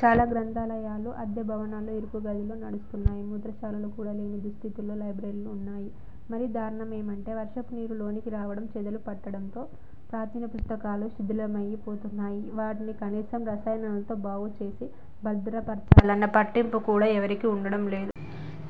చాలా గ్రంథాలయాలు అద్దె భవనాల్లో, ఇరుకు గదుల్లో నడుస్తున్నాయి. మూత్రశాలలు కూడా లేని దుస్థితిలో లైబ్రరీలు ఉన్నాయి. మరీ దారుణమేమంటే వర్షపు నీరు లోనికి రావడం, చెదలు పట్టడంతో ప్రాచీన పుస్తకాలు శిథిలమయి పోతున్నాయి. వాటిని కనీసం రసాయనాలతో బాగు చేసి భద్రపరచాలన్న పట్టింపు కూడా ఎవరికీ ఉండడం లేదు.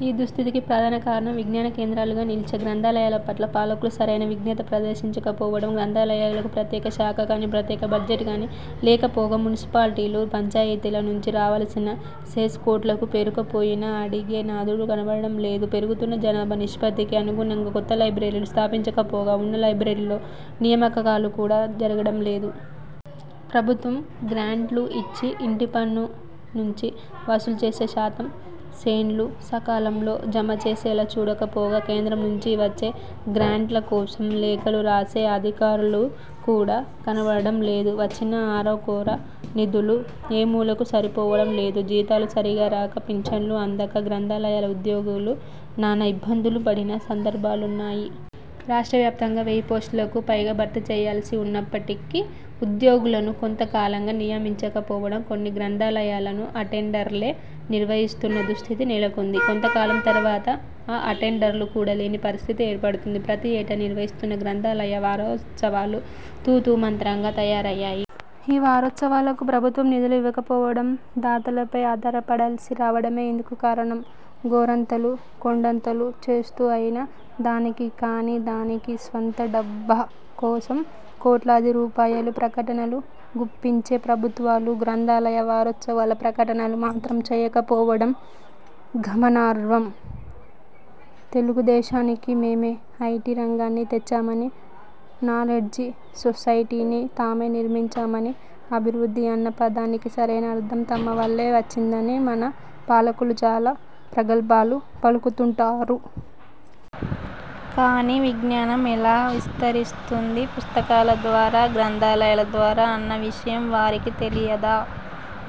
ఈ దుస్థితికి ప్రధాన కారణం విజ్ఞాన కేంద్రాలుగా నిలిచే గ్రంథాలయాల పట్ల పాలకులు సరైన విజ్ఞత ప్రదర్శించకపోవడం. గ్రంథాలయాలకు ప్రత్యేక శాఖ కానీ, ప్రత్యేక బడ్జెట్ కానీ లేకపోగా, మునిసిపాలిటీలు, పంచాయతీల నుంచి రావల్సిన సెస్ కోట్లకు పేరుకుపోయినా అడిగే నాథుడు కనపడడం లేదు. పెరుగుతున్న జనాభా నిష్పత్తికి అనుగుణంగా కొత్త లైబ్రరీలు స్థాపించకపోగా ఉన్న లైబ్రరీల్లో నియామకాలుకూడా జరగడం లేదు. ప్రభుత్వం గ్రాంట్లు ఇచ్చి, ఇంటిపన్ను నుంచి వసూలు చేసే శాతం సెస్లు సకాలంలో జమచేసేలా చూడకపోగా, కేంద్రం నుంచి వచ్చే గ్రాంట్ల కోసం లేఖలు రాసే అధికారులు కూడా కనపడడం లేదు. వచ్చిన అరకొర నిధులు ఏమూలకూ సరిపోవడం లేదు. జీతాలు సరిగా రాక, పింఛన్లు అందక గ్రంథాలయాల ఉద్యోగులు నానా ఇబ్బందులు పడిన సందర్భాలున్నాయి. రాష్ట్ర వ్యాప్తంగా వేయి పోస్టులకు పైగా భర్తీ చేయాల్సి ఉన్నప్పటికీ ఉద్యోగులను చాలా కాలంగా నియమించకపోవడం కొన్ని గ్రంథాలయాలను అటెండర్లే నిర్వహిస్తున్న దుస్థితి నెలకొంది. కొంతకాలం తర్వాత ఆ అటెండర్లు కూడా లేని పరిస్థితి ఏర్పడుతుంది. ప్రతి ఏటా నిర్వహిస్తున్న గ్రంథాలయ వారోత్సవాలు తూతూ మంత్రంగా తయారయ్యాయి. ఈ వారోత్సవాలకు ప్రభుత్వం నిధులు ఇవ్వకపోవడం, దాతలపై ఆధారపడాల్సి రావడమే ఇందుకు కారణం. గోరంతలు కొండంతలు చేస్తూ అయిన దానికీ కాని దానికీ స్వంత డబ్బా కోసం కోట్లాది రూపాయలు ప్రకటనలు గుప్పించే ప్రభుత్వాలు గ్రంథాలయ వారోత్సవాల ప్రకటనలు మాత్రం చేయకపోవడం గమనార్హం. తెలుగుదేశానికి మేమే ఐటీ రంగాన్ని తెచ్చామని, నాలెడ్జి సొసైటీని తామే నిర్మించామని, అభివృద్ధి అన్న పదానికి సరైన అర్థం తమ వల్లే వచ్చిందని మన పాలకులు చాలా ప్రగల్భాలు పలుకుతుంటారు. కాని విజ్ఞానం ఎలా విస్తరిస్తుంది? పుస్తకాల ద్వారా, గ్రంథాలయాల ద్వారా అన్న విషయం వారికి తెలియదా?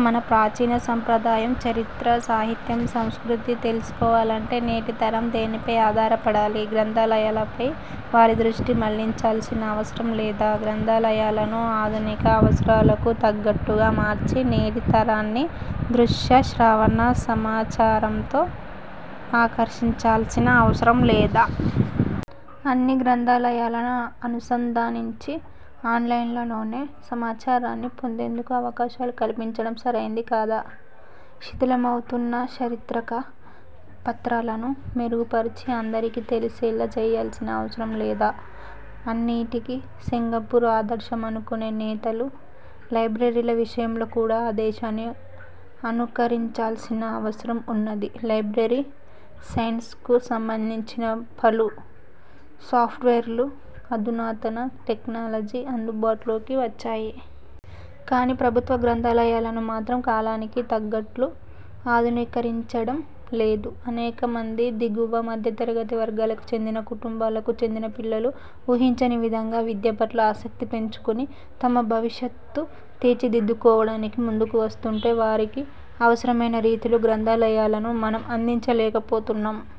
మన ప్రాచీన సంప్రదాయం, చరిత్ర, సాహిత్యం, సంస్కృతి తెలుసుకోవాలంటే నేటి తరం దేనిపై ఆధారపడాలి? గ్రంథాలయాలపై వారి దృష్టి మళ్లించాల్సిన అవసరం లేదా? గ్రంథాలయాలను అధునిక అవసరాలకు తగ్గట్లుగా మార్చి నేటి తరాన్ని దృశ్య శ్రవణ సమాచారంతో ఆకర్షించాల్సిన అవసరం లేదా? అన్ని గ్రంథాలయాలను అనుసంధానించి, ఆన్లైన్లోనే సమాచారాన్ని పొందేందుకు అవకాశాలు కల్పించడం సరైంది కాదా? శిథిలమవుతున్న చారిత్రక పత్రాలను మెరుగుపరిచి అందరికీ తెలిసేలా చేయాల్సిన అవసరం లేదా? అన్నిటికీ సింగపూర్ ఆదర్శమనుకునే నేతలు లైబ్రరీల విషయంలో కూడా ఆ దేశాన్ని అనుకరించాల్సిన అవసరం ఉన్నది. లైబ్రరీ సైన్స్కు సంబంధించిన పలు సాఫ్ట్వేర్లు, అధునాతన టెక్నాలజీ అందుబాటులోకి వచ్చాయి. కాని ప్రభుత్వ గ్రంథాలయాలను మాత్రం కాలానికి తగ్గట్లు ఆధునికీకరించడం లేదు. అనేక మంది దిగువ, మధ్యతరగతి వర్గాలకు చెందిన కుటుంబాలకు చెందిన పిల్లలు ఊహించని విధంగా విద్యపట్ల ఆసక్తి పెంచుకుని తమ భవిష్యత్ను తీర్చిదిద్దుకోవడానికి ముందుకు వస్తుంటే వారికి అవసరమైన రీతిలో గ్రంథాలయాలను మనం అందించలేకపోతున్నాం.